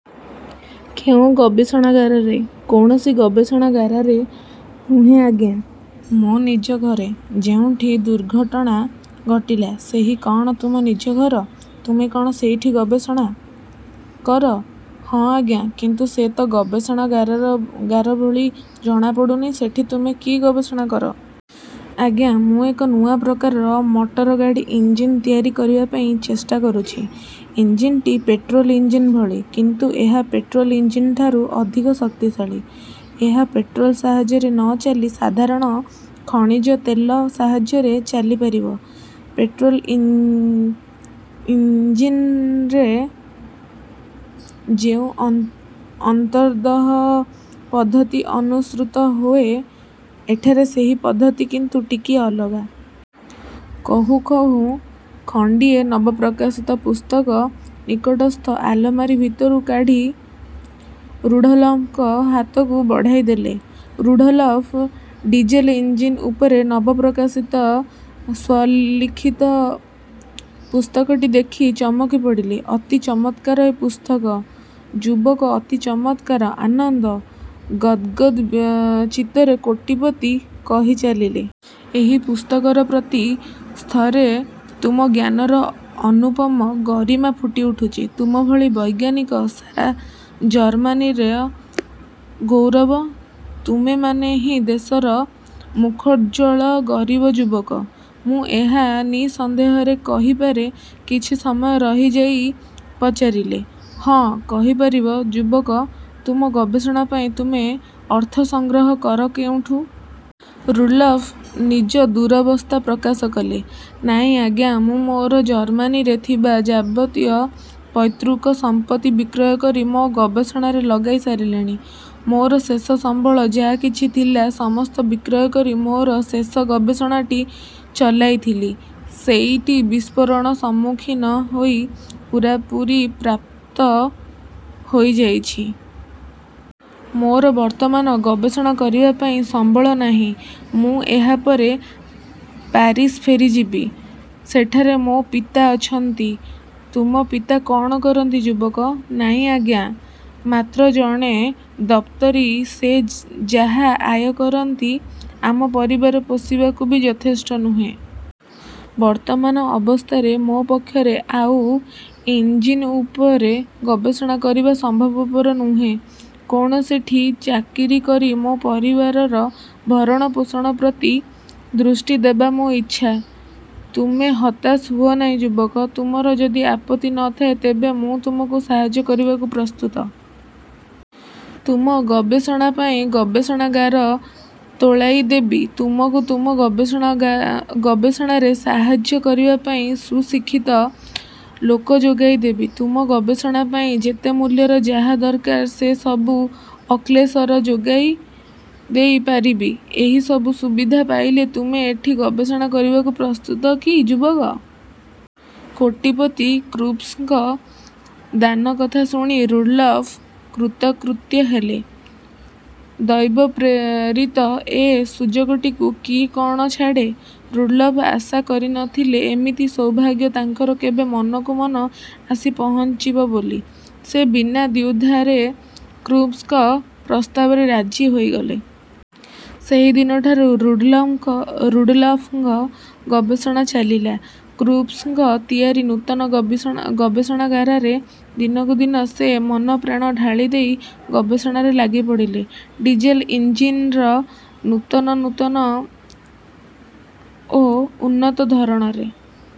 କେଉଁ ଗବେଷଣାଗାରରେ? କୌଣସି ଗବେଷଣାଗାରରେ ନୁହେଁ ଆଜ୍ଞା, ମୋ ନିଜ ଘରେ। ଯେଉଁଠି ଦୁର୍ଘଟନା ଘଟିଲା, ସେହି କ'ଣ ତୁମ ନିଜ ଘର? ତୁମେ କ'ଣ ସେଇଠି ଗବେଷଣ। କର? ହଁ ଆଜ୍ଞା କିନ୍ତୁ ସେ ତ ଗବେଷଣାଗର ଭଳି ଜଣା ପଡ଼ୁନି? ସେଠି ତୁମେ କି ଗବେଷଣା କର? ଆଜ୍ଞା, ମୁଁ ଏକ ନୂଆ ପ୍ରକାର ମଟରଗାଡ଼ି ଇଞ୍ଜିନ୍ ତିଆରି କରିବା ପାଇଁ ଚେଷ୍ଟା କରୁଛି। ଇଞ୍ଜିନଟି ପେଟ୍ରୋଲ ଇଞ୍ଜିନ୍ ଭଳି। କିନ୍ତୁ ଏହା ପେଟ୍ରୋଲ ଇଞ୍ଜିନ୍ଠାରୁ ଅଧିକ ଶକ୍ତିଶଳୀ। ଏହା ପେଟ୍ରୋଲ ସାହାଯ୍ୟରେ ନ ଚାଲି ସାଧାରଣ ଖଣିଜ ତେଲ ସାହାଯ୍ୟରେ ଚାଲିପାରିବ। ପେଟ୍ରୋଲ ଇଞ୍ଜିନ୍ରେ ଯେଉଁ ଅନ୍ତର୍ଦହ ପଦ୍ଧତି ଅନୁସୃତ ହୁଏ ଏଠାରେ ସେହି ପଦ୍ଧତି କିନ୍ତୁ ଟିକିଏ ଅଲଗା। କହୁଁ କହୁଁ ଖଣ୍ଡିଏ ନବ ପ୍ରକାଶିତ ପୁସ୍ତକ ନିକଟସ୍ଥ ଆଲମାରୀ ଭିତରୁ କାଢ଼ି ରୁଡ଼ଲ୍ଫଙ୍କ ହାତକୁ ବଢ଼ାଇଦେଲେ। ରୁଡ଼ଲଫ ଡିଜେଲ ଇଞ୍ଜିନ୍ ଉପରେ ନବ ପ୍ରକାଶିତ ସ୍ୱଲିଖିତ ପୁସ୍ତକଟି ଦେଖି ଚମକି ପଡ଼ିଲେ। ଅତି ଚମତ୍କାର ଏ ପୁସ୍ତକ ଯୁବକ ଅତି ଚମତ୍କାର ଆନନ୍ଦ ଗଦ୍ଗଦ୍ ଚିତ୍ତରେ କୋଟିପତି କହି ଚାଲିଲେ। ଏହି ପୁସ୍ତକର ପ୍ରତି ସ୍ତରେ ତୁମ ଜ୍ଞାନର ଅନୁପମ ଗରିମା ଫୁଟି ଉଠୁଛି । ତୁମଭଳି ବୈଜ୍ଞାନିକ ସାରା ଜର୍ମାନୀର ଗୌରବ, ତୁମେମାନେହିଁ ଦେଶର ମୁଖୋଜ୍ଜ୍ୱଳ ଗରିବ ଯୁବକ, ମୁଁ ଏହା ନିଃସନ୍ଦେହରେ କହିପାରେ। କିଛି ସମୟ ରହି ଯାଇ ପଚାରିଲେ। ହଁ, କହିପାରିବ ଯୁବକ, ତୁମ ଗବେଷଣା ପାଇଁ ତୁମେ ଅର୍ଥ ସଂଗ୍ରହ କର କେଉଁଠୁ? ରୁଡ଼ଲ୍ଫ ନିଜ ଦୂରବସ୍ଥା ପ୍ରକାଶ କଲେ, ନାଇଁ ଆଜ୍ଞା, ମୁଁ ମୋର ଜର୍ମ୍ମାନୀରେ ଥିବା ଯାବତୀୟ ପୈତୃକ ସମ୍ପତ୍ତି ବିକ୍ରୟକରି ମୋ ଗବେଷଣାରେ ଲଗାଇ ସାରିଲିଣି। ମୋର ଶେଷ ସମ୍ବଳ ଯା କିଛି ଥିଲା, ସମସ୍ତ ବିକ୍ରୟ କରି ମୋର ଶେଷ ଗବେଷଣାଟି ଚଳାଇଥିଲି। ସେଇଟି ବିସ୍ଫୋରଣ ସମ୍ମୁଖୀନ ହୋଇ ପୂରାପୂରି ପ୍ରାପ୍ତ ହୋଇଯାଇଛି। ମୋର ବର୍ତ୍ତମାନ ଗବେଷଣା କରିବାର କିଛି ସମ୍ବଳ ନାହିଁ। ମୁଁ ଏହାପରେ ପାରିସ୍ ଫେରିଯିବି। ସେଠାରେ ମୋ ପିତା ଅଛନ୍ତି। ତୁମ ପିତା କ'ଣ କରନ୍ତି ଯୁବକ? ନାଇଁ ଆଜ୍ଞା, ମାତ୍ର ଜଣେ ଦପ୍ତରୀ ସେ ଯାହା ଆୟ କରନ୍ତି, ଆମ ପରିବାରର ପୋଷିବାକୁ ବି ଯଥେଷ୍ଟ ନୁହେଁ। ବର୍ତ୍ତମାନ ଅବସ୍ଥାରେ ମୋ ପକ୍ଷରେ ଆଉ ଇଞ୍ଜିନ୍ ଉପରେ ଗବେଷଣା କରିବା ସମ୍ଭବପର ନୁହେଁ। କୌଣସିଠି ଚାକିରି କରି ମୋ ପରିବାରର ଭରଣପୋଷଣ ପ୍ରିତ ଦୃଷ୍ଟି ଦେବା ମୋ ଇଚ୍ଛା। ତୁମେ ହତାଶ ହୁଅ ନାହିଁ ଯୁବକ। ତୁମର ଯଦି ଆପତ୍ତି ନ ଥାଏ ତେବେ ମୁଁ ତୁମକୁ ସାହାଯ୍ୟ କରିବାକୁ ପ୍ରସ୍ତୁତ। ତୁମ ଗବେଷଣା ପାଇଁ ଗବେଷଣାଗାର ତୋଳାଇ ଦେବି ତୁମକୁ ତୁମ ଗବେଷଣାରେ ସାହାଯ୍ୟ କରିବା ପାଇଁ ସୁଶିକ୍ଷିତ ଲୋକ ଯୋଗାଇ ଦେବି। ତୁମ ଗବେଷଣା ପାଇଁ ଯେତେ ମୂଲ୍ୟର ଯାହା ଦରକାର ସେସବୁ ଅକ୍ଳେଶର ଯୋଗାଇ ଦେଇ ପାରିବି। ଏହି ସବୁ ସୁବିଧା ପାଇଲେ ତୁମେ ଏଠି ଗବେଷଣା କରିବାକୁ ପ୍ରସ୍ତୁତ କି ଯୁବକ? କୋଟିପତି କ୍ରୁପ୍ସଙ୍କ ଦାନକଥା ଶୁଣି ରୁଡ଼ଲ୍ଫ କୃତକୃତ୍ୟ ହେଲେ। ଦୈବପ୍ରେରିତ ଏ ସୁଯୋଗଟିକୁ କିଏ କ'ଣ ଛାଡ଼େ? ରୁଡ଼ଲ୍ଫ ଆଶା କରି ନଥିଲେ ଏମିତି ସୌଭାଗ୍ୟ ତାଙ୍କର କେବେ ମନକୁ ମନ ଆସି ପହଞ୍ଚିବ ବୋଲି। ସେ ବିନା ଦ୍ୱିଧାରେ କ୍ରୁପ୍ସଙ୍କ ପ୍ରସ୍ତାବରେ ରାଜି ହୋଇଗଲେ। ସେହିଦିନଠାରୁ ରୁଡ଼ଲ୍ଫଙ୍କ ଗବେଷଣା ଚାଲିଲା କ୍ରୁପ୍ସଙ୍କ ତିଆରି ନୂତନ ଗବେଷଣାଗାରରେ। ଦିନକୁଦିନ ସେ ମନଃପ୍ରାଣ ଢାଳି ଦେଇ ଗବେଷଣାରେ ଲାଗି ପଡ଼ିଲେ। ଡିଜେଲ ଇଞ୍ଜିନର ନୂତନ ନୂତନ ଓ ଉନ୍ନତ ଧରଣରେ